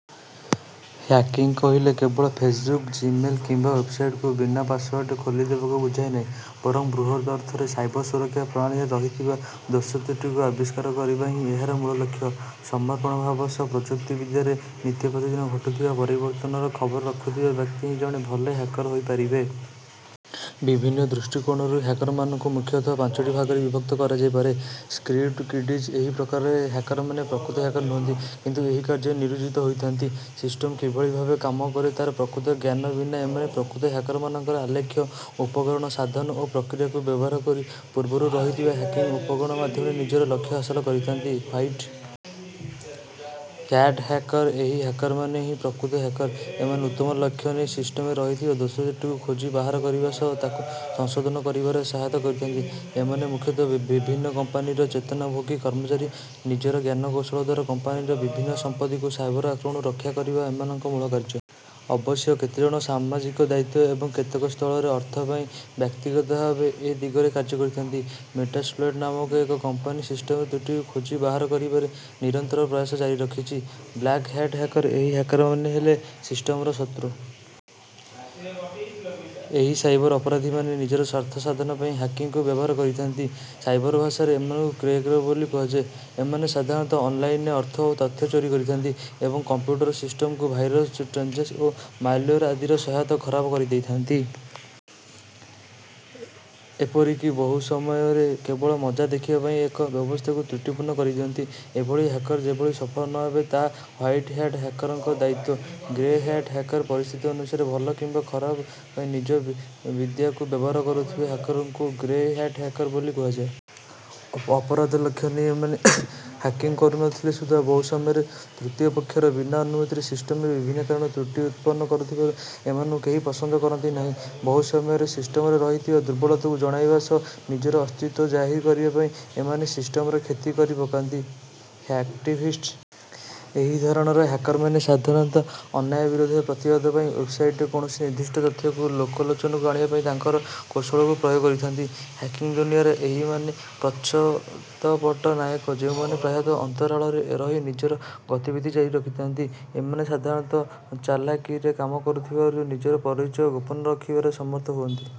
Hacking କହିଲେ କେବଳ Facebook, Gmail କିମ୍ବା ୱେବସାଇଟ୍‌କୁ ବିନା ପାସୱାର୍ଡରେ ଖୋଲିଦେବାକୁ ବୁଝାଏ ନାହିଁ, ବରଂ ବୃହତ୍ ଅର୍ଥରେ ସାଇବର ସୁରକ୍ଷା ପ୍ରଣାଳୀରେ ରହିଥିବା ଦୋଷତ୍ରୁଟିକୁ ଆବିଷ୍କାର କରିବା ହିଁ ଏହାର ମୂଳ ଲକ୍ଷ୍ୟ। ସମର୍ପଣ ଭାବ ସହ ପ୍ରଯୁକ୍ତିବିଦ୍ୟାରେ ନିତ୍ୟପ୍ରତିଦିନ ଘଟୁଥିବା ପରିବର୍ତ୍ତନର ଖବର ରଖୁଥିବା ବ୍ୟକ୍ତି ହିଁ ଜଣେ ଭଲ ହ୍ୟାକର ହୋଇପାରିବେ। ବିଭିନ୍ନ ଦୃଷ୍ଟିକୋଣରୁ ହ୍ୟାକରମାନଙ୍କୁ ମୁଖ୍ୟତଃ ପାଞ୍ଚଟି ଭାଗରେ ବିଭକ୍ତ କରାଯାଇପାରେ। ସ୍କ୍ରିପ୍ଟ କିଡିଜ୍ ଏହି ପ୍ରକାରର ହ୍ୟାକରମାନେ ପ୍ରକୃତ ହ୍ୟାକର ନୁହନ୍ତି, କିନ୍ତୁ ଏହି କାର୍ଯ୍ୟରେ ନିୟୋଜିତ ହୋଇଥାନ୍ତି। ସିଷ୍ଟମ୍ କିଭଳି ଭାବେ କାମ କରେ, ତା'ର ପ୍ରକୃତ ଜ୍ଞାନ ବିନା ଏମାନେ ପ୍ରକୃତ ହ୍ୟାକରମାନଙ୍କର ଆଲେଖ୍ୟ, ଉପକରଣ, ସାଧନ ଓ ପ୍ରକ୍ରିୟାକୁ ବ୍ୟବହାର କରି ପୂର୍ବରୁ ରହିଥିବା ହ୍ୟାକିଂ ଉପକରଣ ମାଧ୍ୟମରେ ନିଜର ଲକ୍ଷ୍ୟ ହାସଲ କରିଥାନ୍ତି। ହ୍ୱାଇଟ୍ ହ୍ୟାଟ୍ ହ୍ୟାକର ଏହି ହ୍ୟାକରମାନେ ହିଁ ପ୍ରକୃତ ହ୍ୟାକର। ଏମାନେ ଉତ୍ତମ ଲକ୍ଷ୍ୟ ନେଇ ସିଷ୍ଟମରେ ରହିଥିବା ଦୋଷତ୍ରୁଟିକୁ ଖୋଜି ବାହାର କରିବା ସହ ତାକୁ ସଂଶୋଧନ କରିବାରେ ସହାୟତା କରିଥାନ୍ତି। ଏମାନେ ମୁଖ୍ୟତଃ ବିଭିନ୍ନ କ କମ୍ପାନୀର ବେତନଭୋଗୀ କର୍ମଚାରୀ। ନିଜର ଜ୍ଞାନକୌଶଳ ଦ୍ୱାରା କମ୍ପାନୀର ବିଭିନ୍ନ ସମ୍ପତ୍ତିକୁ ସାଇବର ଆକ୍ରମଣରୁ ରକ୍ଷା କରିବା ଏମାନଙ୍କ ମୂଳ କାର୍ଯ୍ୟ। ଅବଶ୍ୟ କେତେଜଣ ସାମାଜିକ ଦାୟିତ୍ୱ ଏବଂ କେତେକ ସ୍ଥଳରେ ଅର୍ଥ ପାଇଁ ବ୍ୟକ୍ତିଗତ ଭାବେ ଏ ଦିଗରେ କାର୍ଯ୍ୟ କରିଥାନ୍ତି। ମେଟାସ୍ପ୍ଲଏଟ୍ ନାମକ ଏକ କମ୍ପାନୀ ସିଷ୍ଟମରେ ତ୍ରୁଟିକୁ ଖୋଜି ବାହାର କରିବାରେ ନିରନ୍ତର ପ୍ରୟାସ ଜାରି ରଖିଛି। ବ୍ଲାକ୍ ହ୍ୟାଟ୍ ହ୍ୟାକର ଏହି ହ୍ୟାକରମାନେ ହେଲେ ସିଷ୍ଟମର ଶତ୍ରୁ। ଏହି ସାଇବର ଅପରାଧୀମାନେ ନିଜର ସ୍ୱାର୍ଥ ସାଧନ ପାଇଁ ହ୍ୟାକିଂକୁ ବ୍ୟବହାର କରିଥାନ୍ତି। ସାଇବର ଭାଷାରେ ଏମାନଙ୍କୁ କ୍ରେକର ବୋଲି କୁହାଯାଏ। ଏମାନେ ସାଧାରଣତଃ ଅନଲାଇନରେ ଅର୍ଥ ଓ ତଥ୍ୟ ଚୋରି କରିଥାନ୍ତି ଏବଂ କମ୍ପୁଟର ସିଷ୍ଟମକୁ ଭାଇରସ୍, ଟ୍ରୋଜନ୍ସ ଓ ମାଲୱେର୍ ଆଦିର ସହାୟତାରେ ଖରାପ କରିଦେଇଥାନ୍ତି। ଏପରିକି ବହୁ ସମୟରେ କେବଳ ମଜା ଦେଖିବା ପାଇଁ ଏକ ବ୍ୟବସ୍ଥାକୁ ତ୍ରୁଟିପୂର୍ଣ୍ଣ କରିଦିଅନ୍ତି। ଏଭଳି ହ୍ୟାକର ଯେଭଳି ସଫଳ ନ ହେବେ, ତାହା ହ୍ୱାଇଟ୍ ହ୍ୟାଟ୍ ହ୍ୟାକରଙ୍କ ଦାୟିତ୍ୱ। ଗ୍ରେ ହ୍ୟାଟ୍ ହ୍ୟାକର ପରିସ୍ଥିତି ଅନୁସାରେ ଭଲ କିମ୍ବା ଖରାପ ପାଇଁ ନିଜ ବିଦ୍ୟାକୁ ବ୍ୟବହାର କରୁଥିବା ହ୍ୟାକରଙ୍କୁ ଗ୍ରେ ହ୍ୟାଟ୍ ହ୍ୟାକର ବୋଲି କୁହାଯାଏ। ଅପରାଧ ଲକ୍ଷ୍ୟ ନେଇ ଏମାନେ ହ୍ୟାକିଂ କରୁ ନ ଥିଲେ ସୁଦ୍ଧା, ବହୁ ସମୟରେ ତୃତୀୟ ପକ୍ଷର ବିନା ଅନୁମତିରେ ସିଷ୍ଟମରେ ବିଭିନ୍ନ କାରଣରୁ ତ୍ରୁଟି ଉତ୍ପନ୍ନ କରୁଥିବାରୁ ଏମାନଙ୍କୁ କେହି ପସନ୍ଦ କରନ୍ତି ନାହିଁ। ବହୁ ସମୟରେ ସିଷ୍ଟମରେ ରହିଥିବା ଦୁର୍ବଳତାକୁ ଜଣାଇବା ସହ ନିଜର ଅସ୍ତିତ୍ୱ ଜାହିର କରିବା ପାଇଁ ଏମାନେ ସିଷ୍ଟମର କ୍ଷତି କରିପକାନ୍ତି। ହ୍ୟାକ୍ଟିଭିଷ୍ଟ ଏହି ଧରଣର ହ୍ୟାକରମାନେ ସାଧାରଣତଃ ଅନ୍ୟାୟ ବିରୋଧରେ ପ୍ରତିବାଦ ପାଇଁ ୱେବସାଇଟରେ କୌଣସି ନିର୍ଦ୍ଦିଷ୍ଟ ତଥ୍ୟକୁ ଲୋକଲୋଚନକୁ ଆଣିବା ପାଇଁ ତାଙ୍କର କୌଶଳକୁ ପ୍ରୟୋଗ କରିଥାନ୍ତି। ହ୍ୟାକିଂ ଦୁନିଆର ଏହିମାନେ ପ୍ରଚ୍ଛଦପଟ୍ଟ ନାୟକ, ଯେଉଁମାନେ ପ୍ରାୟତଃ ଅନ୍ତରାଳରେ ରହି ନିଜର ଗତିବିଧି ଜାରି ରଖିଥାନ୍ତି। ଏମାନେ ସାଧାରଣତଃ ଚାଲାକିରେ କାମ କରୁଥିବାରୁ ନିଜର ପରିଚୟ ଗୋପନ ରଖିବାରେ ସମର୍ଥ ହୁଅନ୍ତି।